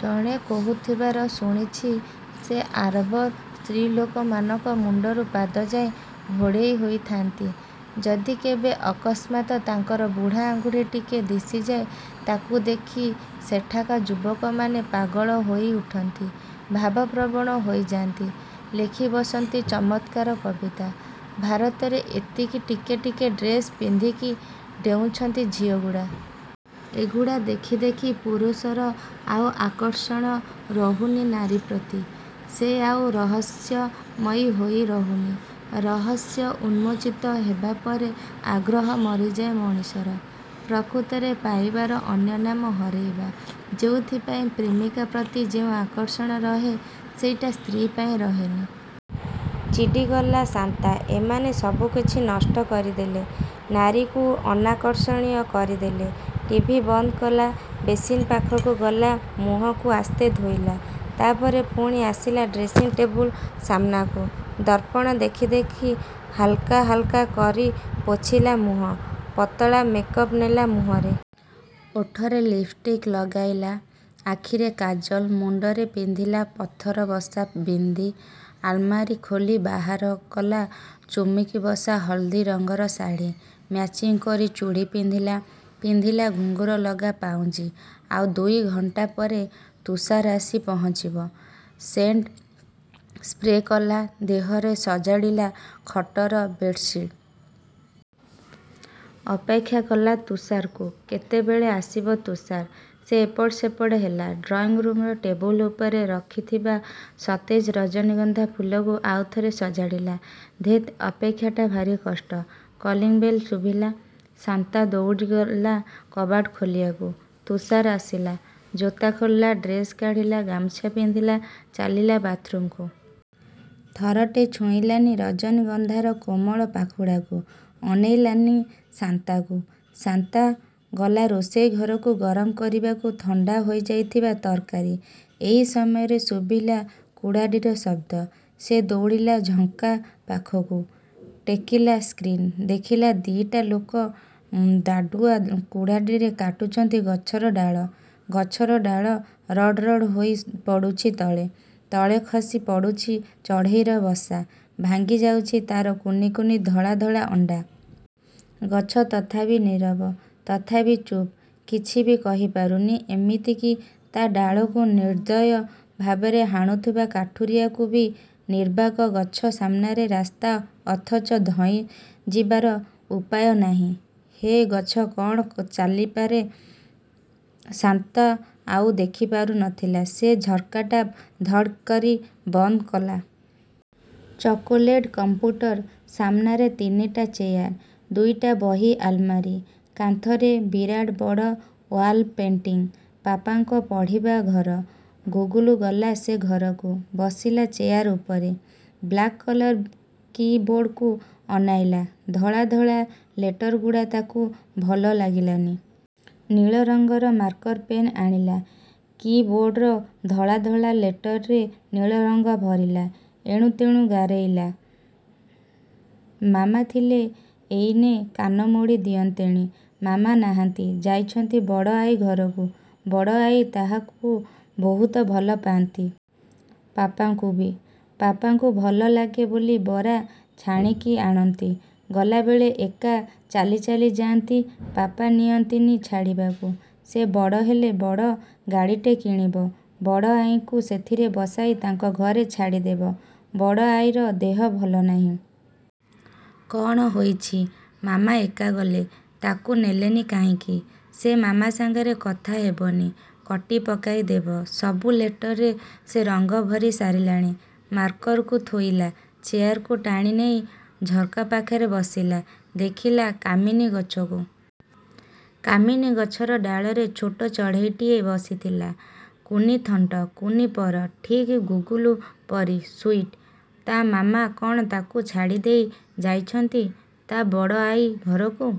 ଜଣେ କହୁଥିବାର ଶୁଣିଛି ସେ ଆରବର ସ୍ତ୍ରୀଲୋକମାନଙ୍କ ମୁଣ୍ଡରୁ ପାଦଯାଏ ଘୋଡ଼େଇ ହୋଇଥାନ୍ତି। ଯଦି କେବେ ଅକସ୍ମାତ୍, ତାଙ୍କର ବୁଢ଼ା ଆଙ୍ଗୁଠି ଟିକେ ଦିଶିଯାଏ, ତାକୁ ଦେଖି ସେଠାକା ଯୁବକମାନେ ପାଗଳ ହୋଇ ଉଠନ୍ତି। ଭାବପ୍ରବଣ ହୋଇଯାନ୍ତି। ଲେଖିବସନ୍ତି ଚମତ୍କାର କବିତା। ଭାରତରେ ଏତିକି ଟିକେ ଟିକେ ଡ୍ରେସ ପିନ୍ଧିକି ଡେଉଁଛନ୍ତି ଝିଅଗୁଡ଼ା। ଏ ଗୁଡ଼ା ଦେଖି ଦେଖି ପୁରଷର ଆଉ ଆକର୍ଷଣ ରହୁନି ନାରୀ ପ୍ରତି। ସେ ଆଉ ରହସ୍ୟମୟୀ ହୋଇ ରହୁନି। ରହସ୍ୟ ଉନ୍ମୋଚିତ ହେବାପରେ ଆଗ୍ରହ ମରିଯାଏ ମଣିଷର। ପ୍ରକୃତରେ ପାଇବାର ଅନ୍ୟନାମ ହରେଇବା। ଯେଉଁଥିପାଇଁ ପ୍ରେମିକା ପ୍ରତି ଯେଉଁ ଆକର୍ଷଣ ରହେ ସେଇଟା ସ୍ତ୍ରୀ ପାଇଁ ରହେନି। ଚିଡ଼ିଗଲା ଶାନ୍ତା ଏମାନେ ସବୁକିଛି ନଷ୍ଟ କରିଦେଲେ। ନାରୀକୁ ଅନାକର୍ଷଣୟ କରିଦେଲେ। ଟିଭି ବନ୍ଦ କଲା। ବେସିନ୍ ପାଖକୁ ଗଲା ମୁହଁକୁ ଆସ୍ତେ ଧୋଇଲା। ତା'ପରେ ପୁଣି ଆସିଲା ଡ୍ରେସିଂ ଟେବୁଲ ସାମ୍ନାକୁ। ଦର୍ପଣ ଦେଖିଦେଖି ହଲାକା ହାଲକା କରି ପୋଛିଲା ମୁହଁ। ପତଳା ମେକ୍ଅପ୍ ନେଲା ମୁହଁରେ। ଓଠରେ ଲିପ୍ଷ୍ଟିକ ଲଗାଇଲା ଆଖିରେ କାଜଲ, ମୁଣ୍ଡରେ ପିନ୍ଧିଲା ପଥରବସା ବିନ୍ଦି, ଆଲମାରୀ ଖୋଲି ବାହାରକଲା ଚୁମୁକିବସା ହଳଦୀ ରଙ୍ଗର ଶାଢ଼ୀ, ମ୍ୟାଚିଙ୍ଗ୍ କରି ଚୁଡ଼ି ପିନ୍ଧିଲା, ପିନ୍ଧିଲା ଘୁଙ୍ଗୁର ଲଗା ପାଉଜି, ଆଉ ଦୁଇ ଘଣ୍ଟା ପରେ ତୁଷାର ଆସି ପହଞ୍ଚିବ। ସେଣ୍ଟ ସ୍ପ୍ରେ କଲା ଦେହରେ, ସଜଡ଼ିଲା ଖଟର ବେଡ଼ସିଟ୍। ଅପେକ୍ଷାକଲା ତୁଷାରକୁ। କେତେବେଳେ ଆସିବ ତୁଷାର। ସେ ଏପଟ ସେପଟ ହେଲା। ଡ୍ରଇଂରୁମର ଟେବୁଲ ଉପରେ ରଖିଥିବା ସତେଜ ରଜନୀଗଂଧାଫୁଲକୁ ଆଉଥରେ ସଜାଡ଼ିଲା। ଧେତ୍ ଅପେକ୍ଷାଟା ଭାରିକଷ୍ଟ। କଲିଂବେଲ ଶୁଭିଲା। ଶାନ୍ତା ଦଉଡ଼ିଲା କବାଟ ଖୋଲିବାକୁ। ତୁଷାର ଆସିଲା। ଜୋତା ଖୋଲିଲା, ଡ୍ରେସ କାଢ଼ିଲା, ଗାମୁଛା ପିନ୍ଧିଲା, ଚାଲିଲା ବାଥରୁମକୁ। ଥରଟେ ଛୁଇଁଲାନି ରଜନୀଗଂଧାର କୋମଳ ପାଖୁଡ଼ାକୁ, ଅନେଇଲାନି ଶାନ୍ତାକୁ। ଶାନ୍ତା। ଗଲା ରୋଷେଇ ଘରକୁ ଗରମ କରିବାକୁ ଥଣ୍ଡା ହୋଇଯାଇଥିବା ତରକାରୀ। ଏହି ସମୟରେ ଶୁଭିଲା କୁରାଢ଼ୀର ଶବ୍ଦ। ସେ ଦଉଡ଼ିଲା ଝର୍କା ପାଖକୁ, ଟେକିଲା ସ୍କ୍ରିନ୍। ଦେଖିଲା ଦି'ଟା ଲୋକ ଦାଢ଼ୁଆ କୁରାଢ଼ିରେ କାଟୁଛନ୍ତି ଗଛର ଡାଳ, ଗଛର ଡାଳ ରଡ଼ ରଡ଼ ହୋଇ ପଡ଼ୁଛି ତଳେ, ତଳେ ଖସି ପଡ଼ୁଛି ଚଢ଼େଇର ବସା, ଭାଙ୍ଗି ଯାଉଛି ତା'ର କୁନି କୁନି ଧଳା ଧଳା ଅଣ୍ଡା। ଗଛ ତଥାପି ନୀରବ, ତଥାପି ଚୂପ, କିଛିବି କହିପାରୁନି ଏମିତିକି ତା'ଡାଳକୁ ନିର୍ଦ୍ଦୟ ଭାବରେ ହାଣୁଥିବା କାଠୁରିଆକୁ ବି। ନିର୍ବାକ ଗଛ ସାମ୍ନାରେ ରାସ୍ତା ଅଥଚ ଧଇଁ ଯିବାର ଉପାୟ ନାହିଁ। ହେଃ ଗଛ କ'ଣ ଚାଲିପାରେ? ଶାନ୍ତା ଆଉ ଦେଖି ପାରୁନଥିଲା। ସେ ଝର୍କାଟା ଧଡ଼୍କରି ବନ୍ଦ କଲା। Chocolate computer. ସାମ୍ନାରେ ତିନିଟା ଚେୟାର। ଦୁଇଟା ବହି ଆଲମାରୀ। କାନ୍ଥରେ ବିରାଟ ବଡ଼ ୱାଲ ପେଣ୍ଟିଂ। ପାପାଙ୍କ ପଢ଼ିବା ଘର। ଗୁଗୁଲୁ ଗଲା ସେ ଘରକୁ। ବସିଲା ଚେୟାର ଉପରେ-। ବ୍ଲାକ୍ କଲର କି-ବୋର୍ଡ଼କୁ ଅନେଇଲା। ଧଳା ଧଳା ଲେଟରଗୁଡ଼ା ତାକୁ ଭଲ ଲାଗିଲାନି। ନୀଳ ରଂଗର ମାର୍କର ପେନ୍ ଆଣିଲା। କି ବୋର୍ଡ଼ର ଧଳା ଧଳା ଲେଟରରେ ନୀଳ ରଂଗ ଭରିଲା। ଏଣୁତେଣୁ ଗାରେଇଲା। ମାମା ଥିଲେ ଏଇନେ କାନ ମୋଡ଼ି ଦିଅନ୍ତେଣି। ମାମା ନାହାଁନ୍ତି। ଯାଇଛନ୍ତି ବଡ଼ ଆଈ ଘରକୁ। ବଡ଼ ଆଈ। ତାକୁ ବହୁତ ଭଲ ପାଆନ୍ତି-। ପାପାଙ୍କୁ ବି। ପାପାଙ୍କୁ ଭଲ ଲାଗେ ବୋଲି ବରା ଛାଣିକି ଆଣନ୍ତି। ଗଲାବେଳେ ଏକା ଚାଲି ଚାଲି ଯା'ନ୍ତି। ପାପା ନିଅନ୍ତି ନି ଛାଡ଼ିବାକୁ। ସେ ବଡ଼ ହେଲେ ବଡ଼ ଗାଡ଼ିଟେ କିଣିବ। ବଡ଼ ଆଈଙ୍କୁ ସେଥିରେ ବସାଇ ତାଙ୍କ ଘରେ ଛାଡ଼ିଦେବ। ବଡ଼ ଆଈର ଦେହ ଭଲ ନାହିଁ। କ'ଣ ହୋଇଛି? ମାମା ଏକା ଗଲେ। ତାକୁ ନେଲେନି କାହିଁକି? ସେ ମାମା ସାଙ୍ଗରେ କଥା ହେବନି। କଟି ପକାଇ ଦେବ। ସବୁ ଲେଟରରେ ସେ ରଙ୍ଗ ଭରି ସାରିଲାଣି। ମାର୍କରକୁ ଥୋଇଲା। ଚେୟାରକୁ ଟାଣି ନେଇ ଝର୍କା ପାଖରେ ବସିଲା। ଦେଖିଲା କାମିନୀ ଗଛକୁ। କାମିନୀ ଗଛର ଡାଳରେ ଛୋଟ ଚଢ଼େଇଟିଏ ବସିଥିଲା। କୁନି ଥଣ୍ଟ। କୁନି ପର। ଠିକ୍ ଗୁଗୁଲୁ ପରି। ସୁଇଟ୍। ତା' ମାମା କ'ଣ ତାକୁ ଛାଡ଼ିଦେଇ ଯାଇଛନ୍ତି, ତା' ବଡ଼ ଆଈ ଘରକୁ?